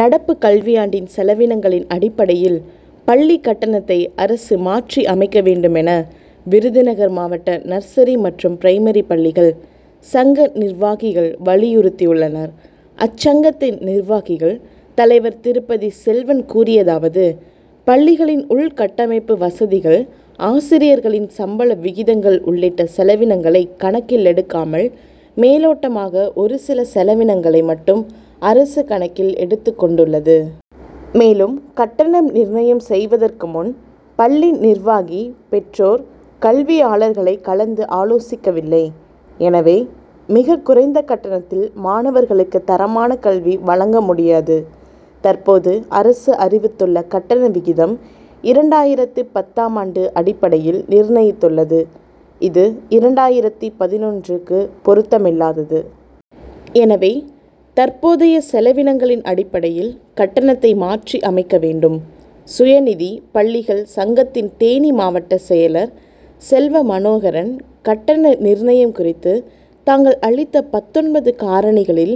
நடப்பு கல்வியாண்டின் செலவினங்களின் அடிப்படையில் பள்ளி கட்டணத்தை அரசு மாற்றி அமைக்க வேண்டும் என விருதுநகர் மாவட்ட நர்சரி மற்றும் பிரைமரி பள்ளிகள் சங்க நிர்வாகிகள் வலியுறுத்தியுள்ளனர். அச்சங்கத்தின் நிர்வாகிகள் தலைவர் திருப்பதி செல்வன் கூறியதாவது பள்ளிகளின் உள்கட்டமைப்பு வசதிகள் ஆசிரியர்களின் சம்பள விகிதங்கள் உள்ளிட்ட செலவினங்களை கணக்கில் எடுக்காமல் மேலோட்டமாக ஒரு சில செலவினங்களை மட்டும் அரசு கணக்கில் எடுத்து கொண்டுள்ளது. மேலும் கட்டணம் நிர்ணயம் செய்வதற்கு முன் பள்ளி நிர்வாகி பெற்றோர் கல்வியாளர்களை கலந்து ஆலோசிக்கவில்லை. எனவே மிகக் குறைந்த கட்டணத்தில் மாணவர்களுக்கு தரமான கல்வி வழங்க முடியாது. தற்போது அரசு அறிவித்துள்ள கட்டண விகிதம் இரண்டாயிரத்து பத்தாம் ஆண்டு அடிப்படையில் நிர்ணயித்துள்ளது. இது இரண்டாயிரத்து பதினொன்றுக்கு பொருத்தமில்லாதது. எனவே தற்போதைய செலவினங்களின் அடிப்படையில் கட்டணத்தை மாற்றி அமைக்க வேண்டும். சுயநிதி பள்ளிகள் சங்கத்தின் தேனி மாவட்ட செயலர் செல்வமனோகரன் கட்டண நிர்ணயம் குறித்து நாங்கள் அளித்த பத்தொன்பது காரணிகளில்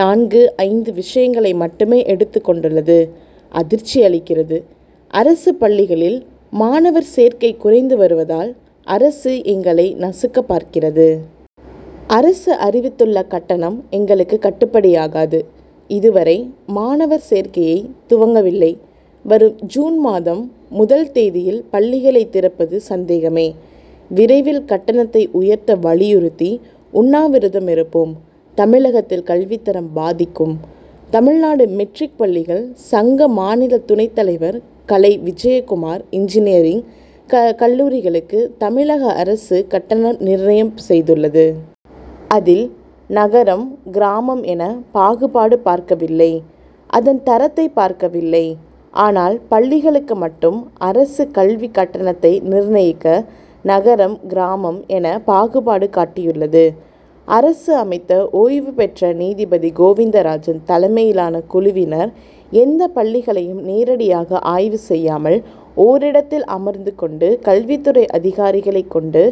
நான்கு ஐந்து விஷயங்களை மட்டுமே எடுத்துக் கொண்டுள்ளது அதிர்ச்சி அளிக்கிறது. அரசு பள்ளிகளில் மாணவர் சேர்க்கை குறைந்து வருவதால் அரசு எங்களை நசுக்க பார்க்கிறது. அரசு அறிவித்துள்ள கட்டணம் எங்களுக்கு கட்டுப்படி ஆகாது. இதுவரை மாணவர் சேர்க்கையை துவங்கவில்லை. வரும் ஜூன் முதல் தேதியில் பள்ளிகளை திறப்பது சந்தேகமே. விரைவில் கட்டணத்தை உயர்த்த வலியுறுத்தி உண்ணாவிரதம் இருப்போம். தமிழகத்தில் கல்வித் தரம் பாதிக்கும் தமிழ்நாடு மெட்ரிக் பள்ளிகள் சங்க மாநில துணைத் தலைவர் கலை விஜயகுமார் இன்ஜினியரிங் கல்லூரிகளுக்கு தமிழக அரசு கட்டணம் நிர்ணயம் செய்துள்ளது. அதில் நகரம் கிராமம் என பாகுபாடு பார்க்கவில்லை. அதன் தரத்தையும் பார்க்கவில்லை. ஆனால் பள்ளிகளுக்கு மட்டும் அரசு கல்வி கட்டணத்தை நிர்ணயிக்க நகரம் கிராமம் என பாகுபாடு காட்டியுள்ளது. அரசு அமைத்த ஓய்வு பெற்ற நீதிபதி கோவிந்தராஜன் தலைமையிலான குழுவினர் எந்த பள்ளிகளையும் நேரடியாக ஆய்வு செய்யாமல் ஓரிடத்தில் அமர்ந்துக் கொண்டு கல்வித் துறை அதிகாரிகளைக் கொண்டு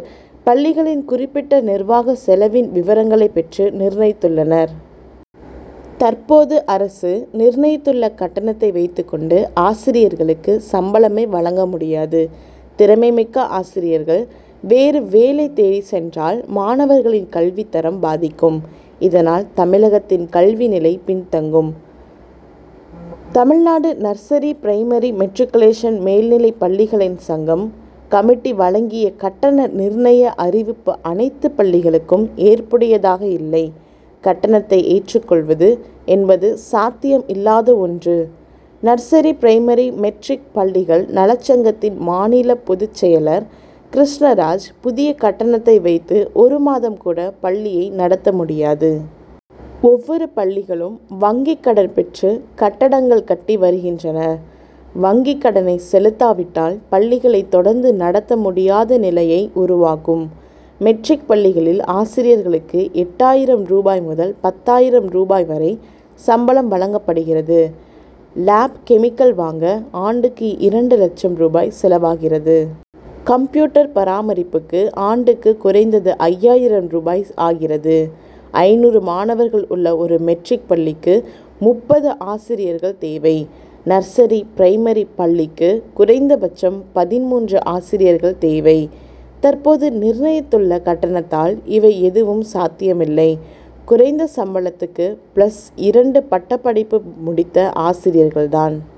பள்ளிகளின் குறிப்பிட்ட நிர்வாக செலவின விவரங்களை பெற்று நிர்ணயித்துள்ளனர். தற்போது அரசு நிர்ணயித்துள்ள கட்டணத்தை வைத்துக் கொண்டு ஆசிரியர்களுக்கு சம்பளமே வழங்க முடியாது. திறமை மிக்க ஆசிரியர்கள் வேறு வேலை தேடி சென்றால் மாணவர்களின் கல்வித் தரம் பாதிக்கும். இதனால் தமிழகத்தின் கல்வி நிலை பின்தங்கும். தமிழ்நாடு நர்சரி பிரைமரி மெட்ரிகுலேஷன் மேல்நிலை பள்ளிகள் சங்கம் கமிட்டி வழங்கிய கட்டண நிர்ணய அறிவிப்பு அனைத்து பள்ளிகளுக்கும் ஏற்புடையதாக இல்லை கட்டணத்தை ஏற்றுக்கொள்வது என்பது சாத்தியம் இல்லாத ஒன்று நர்சரி பிரைமரி மெட்ரிக் பள்ளிகள் நலச்சங்கத்தின் மாநில பொதுச் செயலர் கிருஷ்ணராஜ் புதிய கட்டணத்தை வைத்து ஒரு மாதம் கூட பள்ளியை நடத்த முடியாது. ஒவ்வொரு பள்ளிகளும் வங்கிக் கடன் பெற்று கட்டடங்கள் கட்டி வருகின்றன. வங்கிக் கடனை செலுத்தா விட்டால் பள்ளிகளை தொடர்ந்து நடத்த முடியாத நிலைமை உருவாகும். மெட்ரிக் பள்ளிகளில் ஆசிரியர்களுக்கு எட்டாயிரம் ரூபாய் முதல் பத்தாயிரம் ரூபாய் வரை சம்பளம் வழங்கப்படுகிறது. லேப் கெமிக்கல் வாங்க ஆண்டுக்கு இரண்டு லட்சம் ரூபாய் செலவாகிறது. கம்ப்யூட்டர் பராமரிப்புக்கு ஆண்டுக்கு குறைந்தது ஐயாயிரம் ரூபாய் ஆகிறது. ஐநூறு மாணவர்கள் உள்ள ஒரு மெட்ரிக் பள்ளிக்கு முப்பது ஆசிரியர்கள் தேவை. நர்சரி பிரைமரி பள்ளிக்கு குறைந்தபட்சம் பதின்மூன்று ஆசிரியர்கள் தேவை. தற்போது நிர்ணயித்துள்ள கட்டணத்தால் இவை எதுவும் சாத்தியமில்லை. குறைந்த சம்பளத்துக்கு பிளஸ் இரண்டு பட்டப்படிப்பு முடித்த ஆசிரியர்கள்தான்.